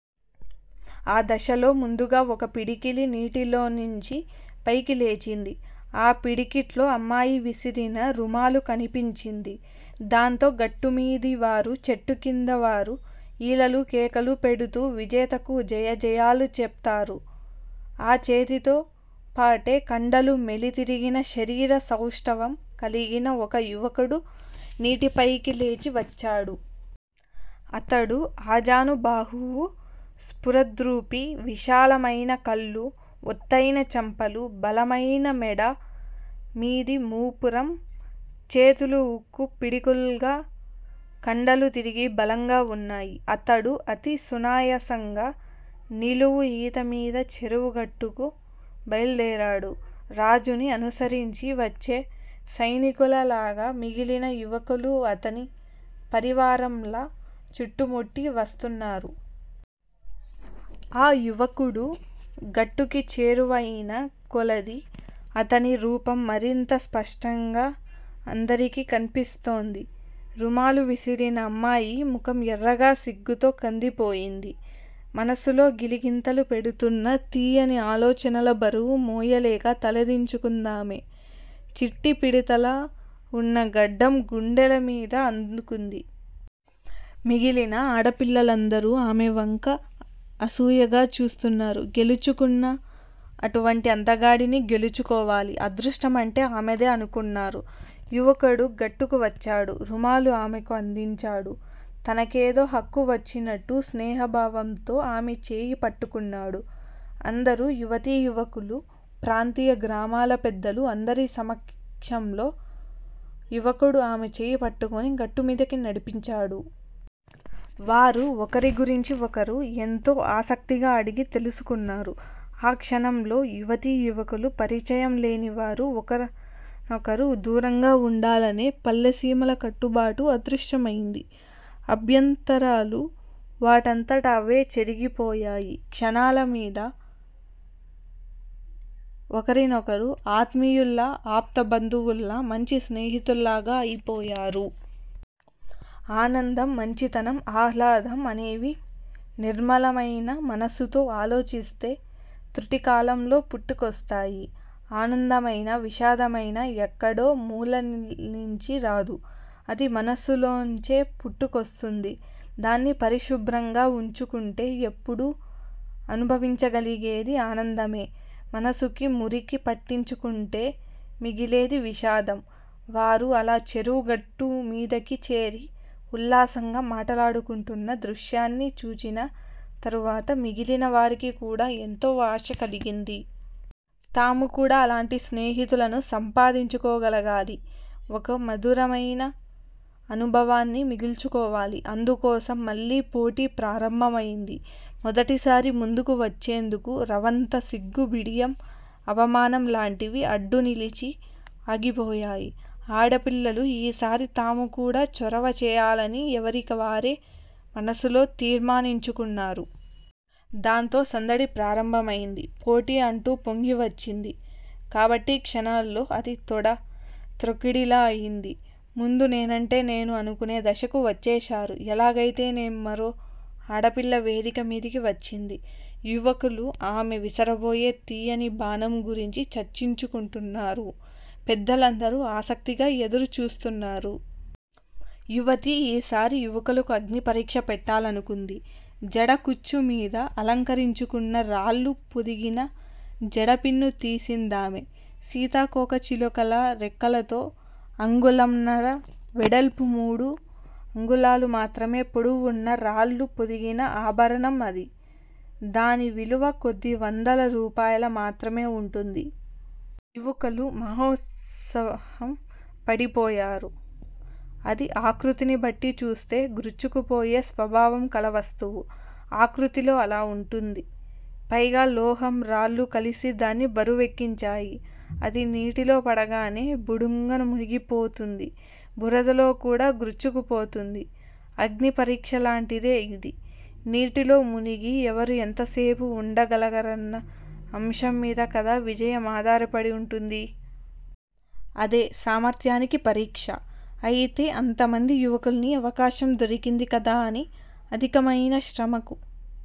ఆ దశలో ముందుగా ఒక పిడికిలి నీటిలోనించి పైకి లేచింది. ఆ పిడికిట్లో అమ్మాయి విసిరిన రుమాలు కన్పించింది. దాంతో గట్టు మీది వారు చెట్ల క్రింద వారు ఈలలు కేకలు పెడుతూ విజేతకు జయ జయాలు చెప్తారు. ఆ చేతితో పాటే కండలు మెలి తిరిగిన శరీర సౌష్టవం కలిగిన ఒక యువకుడు నీటి పైకి లేచి వచ్చాడు. అతడు ఆజానుబాహువు స్ఫురద్రూపి, విశాలమయిన కళ్ళు, ఒత్తయిన చెంపలు, బలమయిన మెడ మీది మూపురం! చేతులు ఉక్కు పిడుగుల్గా కండలు తిరిగి బలంగా వున్నాయి. అతడు అతి సునాయాసంగా నిలువు ఈత మీద చెరువు గట్టుకు బయలుదేరాడు. రాజుని అనుసరించి వచ్చే సైనికుల లాగా మిగిలిన యువకులు అతని పరివారంలా చుట్టుముట్టి వస్తున్నారు. ఆ యువకుడు గట్టుకి చేరువ అయిన కొలదీ అతని రూపం మరింత స్పష్టంగా అందరికీ కన్పిస్తోంది. రుమాలు విసిరిన అమ్మాయి ముఖం ఎర్రగా సిగ్గుతో కందిపోయింది. మనసులో గిలిగింతలు పెడుతున్న తీయని ఆలోచనల బరువు మోయలేక తలదించుకుందామె. చిట్టి పిడతలా వున్న గడ్డం గుండెల మీద అందుకుంది. మిగిలిన ఆడపిల్లలు అందరూ ఆమె వంక అసూయగా చూస్తున్నారు. గెలుచుకున్నా అటువంటి అందగాడిని గెలుచుకోవాలి. అదృష్టం అంటే ఆమెదే అనుకున్నారు. యువకుడు గట్టుకు వచ్చాడు. రుమాలు ఆమెకు అందించాడు. తనకేదో హక్కు వచ్చినట్టు స్నేహభావంతో ఆమె చేయి పట్టుకున్నాడు. అందరు యువతీ యువకులు ప్రాంతీయ గ్రామాల పెద్దలు అందరి సమక్షంలో యువకుడు ఆమె చేయి పట్టుకుని గట్టుమీదకి నడిపించాడు. వారు ఒకరి గురించి ఒకరు ఎంతో ఆసక్తిగా అడిగి తెలుసుకున్నారు. ఆ క్షణంలో యువతీ యువకులు పరిచయం లేనివారు ఒకరికొకరు దూరంగా వుండాలనే పల్లెసీమల కట్టుబాటు అదృశ్యమయింది. అభ్యంతరాలు వాటంతట అవే చెరిగిపోయాయి! క్షణాల మీద ఒకరినొకరు ఆత్మీయుల్లా ఆప్త బంధువుల్లా మంచి స్నేహితుల్లాగా అయిపోయారు. ఆనందం, మంచితనం, ఆహ్లాదం అనేవి నిర్మలమయిన మనసుతో ఆలోచిస్తే తృటికాలంలో పుట్టుకొస్తాయి. ఆనందమయినా, విషాదమయినా ఎక్కడో మూలనించి రాదు. అది మనసులోంచే పుట్టుకొస్తుంది. దాన్ని పరిశుభ్రంగా వుంచుకుంటే ఎప్పుడూ అనుభవించగలిగేది ఆనందమే! మనసుకి మురికి పట్టించుకుంటే మిగిలేది విషాదం!! వారు అలా చెరువు గట్టు మీదికి చేరి ఉల్లాసంగా మాటలాడుకుంటున్న దృశ్యాన్ని చూచిన తరువాత మిగిలిన వారికి కూడా ఎంతో ఆశ కలిగింది. తాము కూడా అలాంటి స్నేహితులను సంపాదించుకోగలగాలి! ఒక మధురమయిన అనుభవాన్ని మిగుల్చుకోవాలి! అందుకోసం మళ్ళీ పోటీ ప్రారంభమయింది! మొదటిసారి ముందుకు వచ్చేందుకు రవంత సిగ్గు, బిడియం, అవమానం లాంటివి అడ్డు నిలిచి ఆగిపోయిన ఆడపిల్లలు ఈసారి తాము కూడా చొరవ చేయాలని ఎవరికివారే మనసులో తీర్మానించుకున్నారు. దాంతో సందడి ప్రారంభమయింది. పోటీ అంటూ పొంగి వచ్చింది కాబట్టి క్షణాల్లో అది తొడ త్రొక్కిడిలా అయింది. ముందు నేనంటే నేను అనుకునే దశకు వచ్చేశారు. ఎలాగయితేనేం మరో ఆడపిల్ల వేదిక మీదికి వచ్చింది. యువకులు ఆమె విసరబోయే తీయని బాణం గురించి చర్చించుకుంటున్నారు. పెద్దలందరూ ఆసక్తిగా ఎదురు చూస్తున్నారు. యువతి ఈసారి యువకులకు అగ్నిపరీక్ష పెట్టాలనుకుంది. జడ కుచ్చు మీద అలంకరించుకున్న రాళ్ళు పొదిగిన జడపిన్ను తీసిందామె. సీతాకోక చిలుకలా రెక్కలతో అంగుళంన్నర వెడల్పు మూడు అంగుళాలు మాత్రమే పొడవు ఉన్న రాళ్ళు పొదిగిన ఆభరణం అది! దాని విలువ కొద్ది వందల రూపాయల మాత్రమే ఉంటుంది. యువకులు మహోత్సాహం పడిపోయారు. అది ఆకృతిని బట్టి చూస్తే గ్రుచ్చుకుపోయే స్వభావం కల వస్తువు. ఆకృతిలో అలా ఉంటుంది. పైగా లోహం రాళ్ళు కలిసి దాన్ని బరువెక్కించాయి. అది నీటిలో పడగానే బుడుంగున మునిగిపోతుంది. బురదలో కూడా గ్రుచ్చుకుపోతుంది. అగ్ని పరీక్షలాంటిదే ఇది! నీటిలో మునిగి ఎవరు ఎంతసేపు ఉండగలరన్న అంశం మీద కదా విజయం ఆధారపడి ఉంటుంది. అదే సామర్ధ్యానికి పరీక్ష. అయితే అంతమంది యువకుల్ని అవకాశం దొరికింది కదా అని అధికమయిన శ్రమకు